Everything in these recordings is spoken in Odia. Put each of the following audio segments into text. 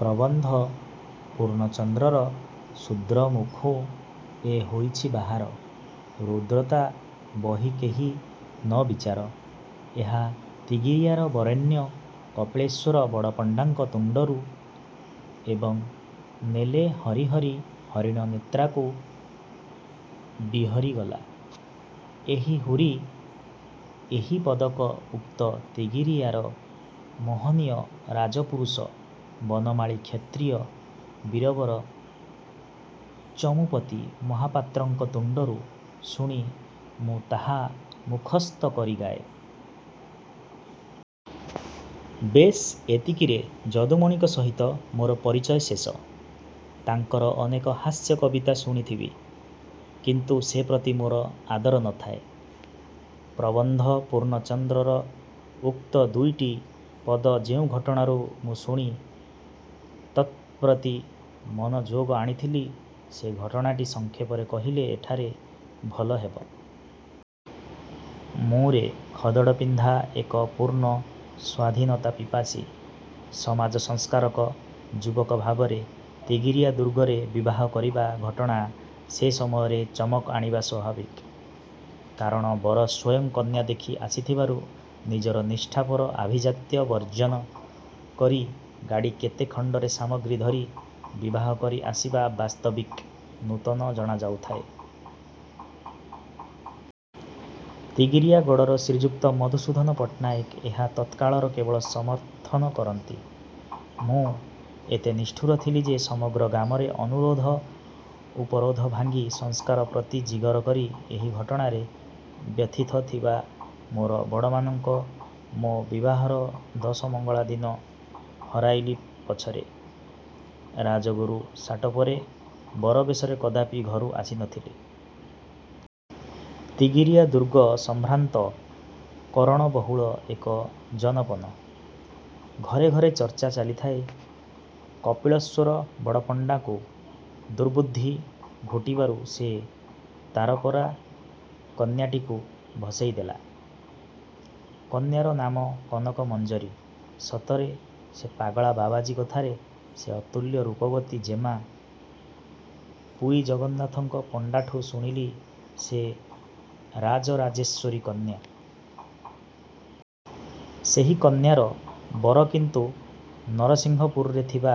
ପ୍ରବନ୍ଧ ପୂର୍ଣ୍ଣଚନ୍ଦ୍ରର 'ଶୁଦ୍ର ମୁଖୁଁ ଏ ହୋଇଛି ବାହାର, ରୌଦ୍ରତା ବହି କେହି ନ ବିଚାର'-ଏହା ତିଗିରିଆର ବରେଣ୍ୟ କପିଳେଶ୍ୱର ବଡ଼ପଣ୍ଡାଙ୍କ ତୁଣ୍ଡରୁ ଏବଂ 'ନେଲେ ହରି ହରି ହରିଣ ନେତ୍ରାକୁ ବିହରିଗଲା। ଏହି ହୁରି' ଏହି ପଦକ ଉକ୍ତ ତିଗିରିଆର ମହନୀୟ ରାଜପୁରୁଷ ବନମାଳୀ କ୍ଷତ୍ରିୟ ବୀରବର ଚମୁପତି ମହାପାତ୍ରଙ୍କ ତୁଣ୍ଡରୁ ଶୁଣି ମୁଁ ତାହା ମୁଖସ୍ଥ କରି ଗାଏ। -ବେଶ୍, ଏତିକିରେ ଯଦୁମଣିଙ୍କ ସହିତ ମୋର ପରିଚୟ ଶେଷ। ତାଙ୍କର ଅନେକ ହାସ୍ୟ କବିତା ଶୁଣିଥିବି। କିନ୍ତୁ ସେ ପ୍ରତି ମୋର ଆଦର ନ ଥାଏ। ପ୍ରବନ୍ଧ ପୂର୍ଣ୍ଣଚନ୍ଦ୍ରର ଉକ୍ତ ଦୁଇଟି ପଦ ଯେଉଁ ଘଟଣାରୁ ମୁଁ ଶୁଣି ତତ୍ପ୍ରତି ମନଯୋଗ ଆଣିଥିଲି, ସେ ଘଟଣାଟି ସଂକ୍ଷେପରେ କହିଲେ ଏଠାରେ ଭଲ ହେବ। ମୁଁ ରେ ଖଦଡ଼ପିନ୍ଧା ଏକ ପୂର୍ଣ୍ଣ ସ୍ୱାଧୀନତାପିପାସୀ ସମାଜସଂସ୍କାରକ ଯୁବକ ଭାବରେ ତିଗିରିଆ ଦୁର୍ଗରେ ବିବାହ କରିବା ଘଟଣା ସେ ସମୟରେ ଚମକ୍ ଆଣିବା ସ୍ୱାଭାବିକ। କାରଣ ବର ସ୍ୱୟଂ କନ୍ୟା ଦେଖି ଆସିବାଠାରୁ ନିଜର ନିଷ୍ଠାପର ଆଭିଜାତ୍ୟ ବର୍ଜ୍ଜନ କରି ଗାଡ଼ି କେତେ ଖଣ୍ଡରେ ସାମଗ୍ରୀ ଧରି ବିବାହ କରି ଆସିବା ବାସ୍ତବିକ୍ ନୂତନ ଜଣାଯାଉଥାଏ। ତିଗିରିଆ ଗଡ଼ର ଶ୍ରୀଯୁକ୍ତ ମଧୁସୂଦନ ପଟ୍ଟନାୟକ ଏହା ତତ୍କାଳର କେବଳ ସମର୍ଥନ କରନ୍ତି। ମୁଁ ଏତେ ନିଷ୍ଠୁର ଥିଲି ଯେ ସମଗ୍ର ଗ୍ରାମରେ ଅନୁରୋଧ ଉପରୋଧ ଭାଙ୍ଗି ସଂସ୍କାର ପ୍ରତି ଜିଗର କରି ଏହି ଘଟଣାରେ ବ୍ୟଥିତ ଥିବା ମୋର ବଡ଼ମାଆଙ୍କୁ ମୋ ବିବାହର ଦଶମଙ୍ଗଳା ଦିନ ହରାଇଲି ପଛରେ, ରାଜଗୁରୁ ସାଟୋପରେ, ବରବେଶରେ କଦାପି ଘରୁ ଆସି ନ ଥିଲି। ତିଗିରିଆ ଦୁର୍ଗ ସମ୍ଭ୍ରାନ୍ତ କରଣବହୁଳ ଏକ ଜନପନ। ଘରେ ଘରେ ଚର୍ଚ୍ଚା ଚାଲିଥାଏ କପିଳଶ୍ୱର ବଡ଼ପଣ୍ଡାକୁ ଦୁର୍ବୁଦ୍ଧି ଘୋଟିବାରୁ ସେ ତାରପରା କନ୍ୟାଟିକୁ ଭସେଇଦେଲା। କନ୍ୟାର ନାମ କନକ ମଞ୍ଜରୀ। ସତରେ ପାଗଳା ବାବାଜୀ କଥାରେ ସେ ଅତୁଲ୍ୟ ରୂପବତୀ ଜେମା। ପୁରୀ ଜଗନ୍ନାଥଙ୍କ ପଣ୍ଡାଠୁ ଶୁଣିଲି ସେ ରାଜରାଜେଶ୍ୱରୀ କନ୍ୟା। ସେହି କନ୍ୟାର ବର କିନ୍ତୁ ନରସିଂହପୁରରେ ଥିବା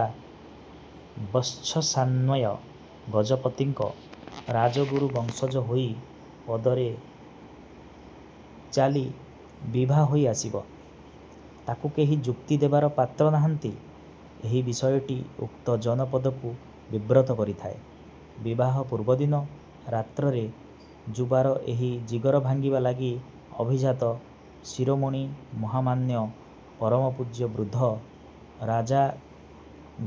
ବତ୍ସସାନ୍ୱୟ ଗଜପତିଙ୍କ ରାଜଗୁରୁ ବଂଶଜ ହୋଇ ପଦରେ ଚାଲି ବିଭା ହୋଇ ଆସିବ, ତାକୁ କେହି ଯୁକ୍ତିଦେବାର ପାତ୍ର ନାହାନ୍ତି, ଏହି ବିଷୟଟି ଉକ୍ତ ଜନପଦକୁ ବିବ୍ରତ କରିଥାଏ। ବିବାହ ପୂର୍ବଦିନ ରାତ୍ରରେ ଯୁବାର ଏହି ଜିଗର ଭାଙ୍ଗିବା ଲାଗି ଅଭିଜାତ ଶିରୋମଣୀ ମହାମାନ୍ୟ ପରମପୂଜ୍ୟ ବୃଦ୍ଧ ରାଜା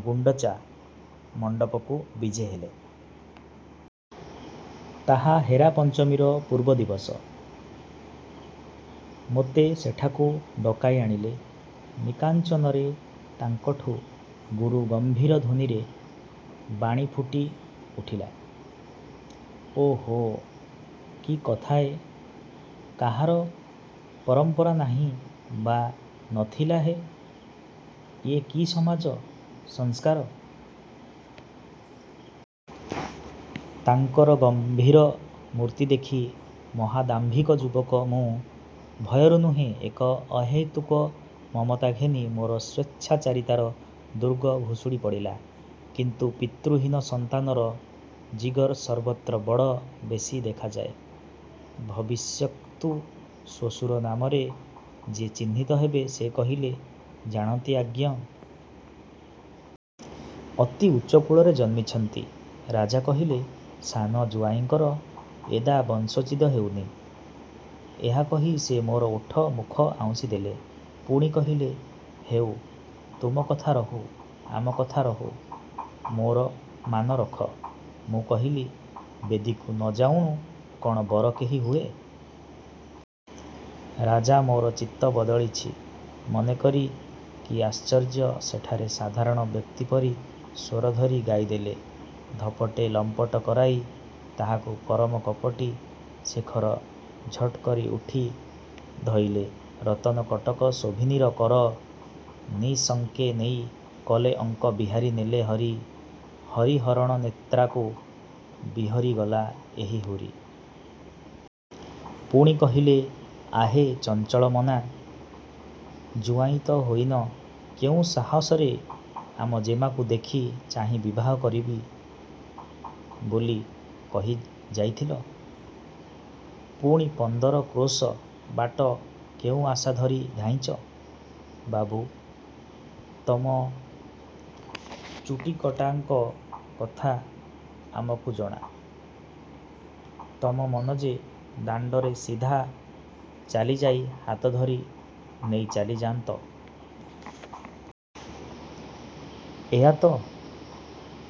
ଗୁଣ୍ଡଚା ମଣ୍ଡପକୁ ବିଜେ ହେଲେ। ତାହା ହେରା ପଞ୍ଚମୀର ପୂର୍ବ ଦିବସ। ମୋତେ ସେଠାକୁ ଡକାଇ ଆଣିଲେ। ନିକାଞ୍ଚନରେ ତାଙ୍କଠୁ ଗୁରୁ ଗମ୍ଭୀର ଧ୍ୱନିରେ ବାଣୀ ଫୁଟି ଉଠିଲା- 'ଓ ହୋ, କି କଥା ୟେ। କାହାର ପରଂପରା ନାହିଁ ବା ନ ଥିଲା ହେ? ୟେ କି ସମାଜ ସଂସ୍କାର? ' ତାଙ୍କର ଗମ୍ଭୀର ମୂର୍ତ୍ତି ଦେଖି ମହାଦାମ୍ଭିକ ଯୁବକ ମୁଁ, ଭୟରୁ ନୁହେଁ, ଏକ ଅହୈତୁକି ମମତା ଘେନି ମୋର ସ୍ୱେଚ୍ଛାଚାରିତାର ଦୁର୍ଗ ଭୁଷୁଡ଼ି ପଡ଼ିଲା। କିନ୍ତୁ ପିତୃହୀନ ସନ୍ତାନର ଜିଗର ସର୍ବତ୍ର ବଡ଼ ବେଶୀ ଦେଖାଯାଏ। ଭବିଷ୍ୟତ୍କୁ ଶ୍ୱଶୁର ନାମରେ ଯେ ଚିହ୍ନିତ ହେବେ, ସେ କହିଲେ-ଜାଣନ୍ତି ଆଜ୍ଞ! ଅତି ଉଚ୍ଚକୁଳରେ ଜନ୍ମିଛନ୍ତି। ରାଜା କହିଲେ-'ସାନ ଜୁଆଇଁଙ୍କର ଏଦା ବଂଶୋଚିତ ହେଉନି। ' ଏହା କହି ସେ ମୋର ଓଠ ମୁଖ ଆଉଁସି ଦେଲେ। ପୁଣି କହିଲେ- 'ହେଉ ତୁମ କଥା ରହୁ-ଆମ କଥା ରହୁ। ମୋର ମାନ ରଖ। ' ମୁଁ କହିଲି-'ବେଦୀକୁ ନ ଯାଉଣୁ କଣ ବର କେହି ହୁଏ? ' ରାଜା ମୋର ଚିତ୍ତ ବଦଳିଛି ମନେକରି, କି ଆଶ୍ଚର୍ଯ୍ୟ, ସେଠାରେ ସାଧାରଣ ବ୍ୟକ୍ତି ପରି ସ୍ୱର ଧରି ଗାଇଦେଲେ- ଧପଟେ ଲମ୍ପଟ କରାଇ ତାହାକୁ ପରମ କପଟୀ ଶେଖର ଝଟକରି ଉଠି ଧଇଲେ ରତନ କଟକ ଶୋଭିନୀର କର ନିଃଶଙ୍କେ ନେଇ କଲେ ଅଙ୍କ ବିହାରୀ ନେଲେ ହରି ହରି ହରିଣ ନେତ୍ରାକୁ ବିହରିଗଲା ଏହି ହୁରି। ପୁଣି କହିଲେ-ଆହେ ଚଞ୍ଚଳମନା! ଜୁଆଇଁ ତ ହୋଇନ, କେଉଁ ସାହସରେ ଆମ ଜେମାକୁ ଦେଖି ଚାହିଁ ବିବାହ କରିବି ବୋଲି କହି ଯାଇଥିଲ? ପୁଣି ପନ୍ଦର କ୍ରୋଶ ବାଟ କେଉଁ ଆଶା ଧରି ଧାଇଁଚ? ବାବୁ, ତମ ଚୁଟିକଟାଙ୍କ କଥା ଆମକୁ ଜଣା। ତମ ମନ ଯେ-ଦାଣ୍ଡରେ ସିଧା ଚାଲିଯାଇ ହାତଧରି ନେଇ ଚାଲିଯାନ୍ତ। ଏୟାତ?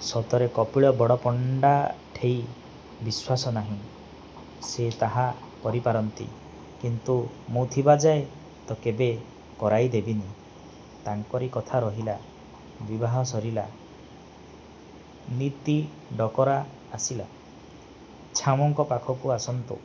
ସତରେ କପିଳ ବଡ଼ପଣ୍ଡାଠେଇ ବିଶ୍ୱାସ ନାହିଁ। ସେ ତାହା କରିପାରନ୍ତି। କିନ୍ତୁ ମୁଁ ଥିବାଯାଏ ତ କେବେ କରାଇ ଦେବିନି। ' ତାଙ୍କରି କଥା ରହିଲା। ବିବାହ ସରିଲା। ନିତି ଡକରା ଆସିଲା- 'ଛାମୁଁଙ୍କ ପାଖକୁ ଆସନ୍ତୁ।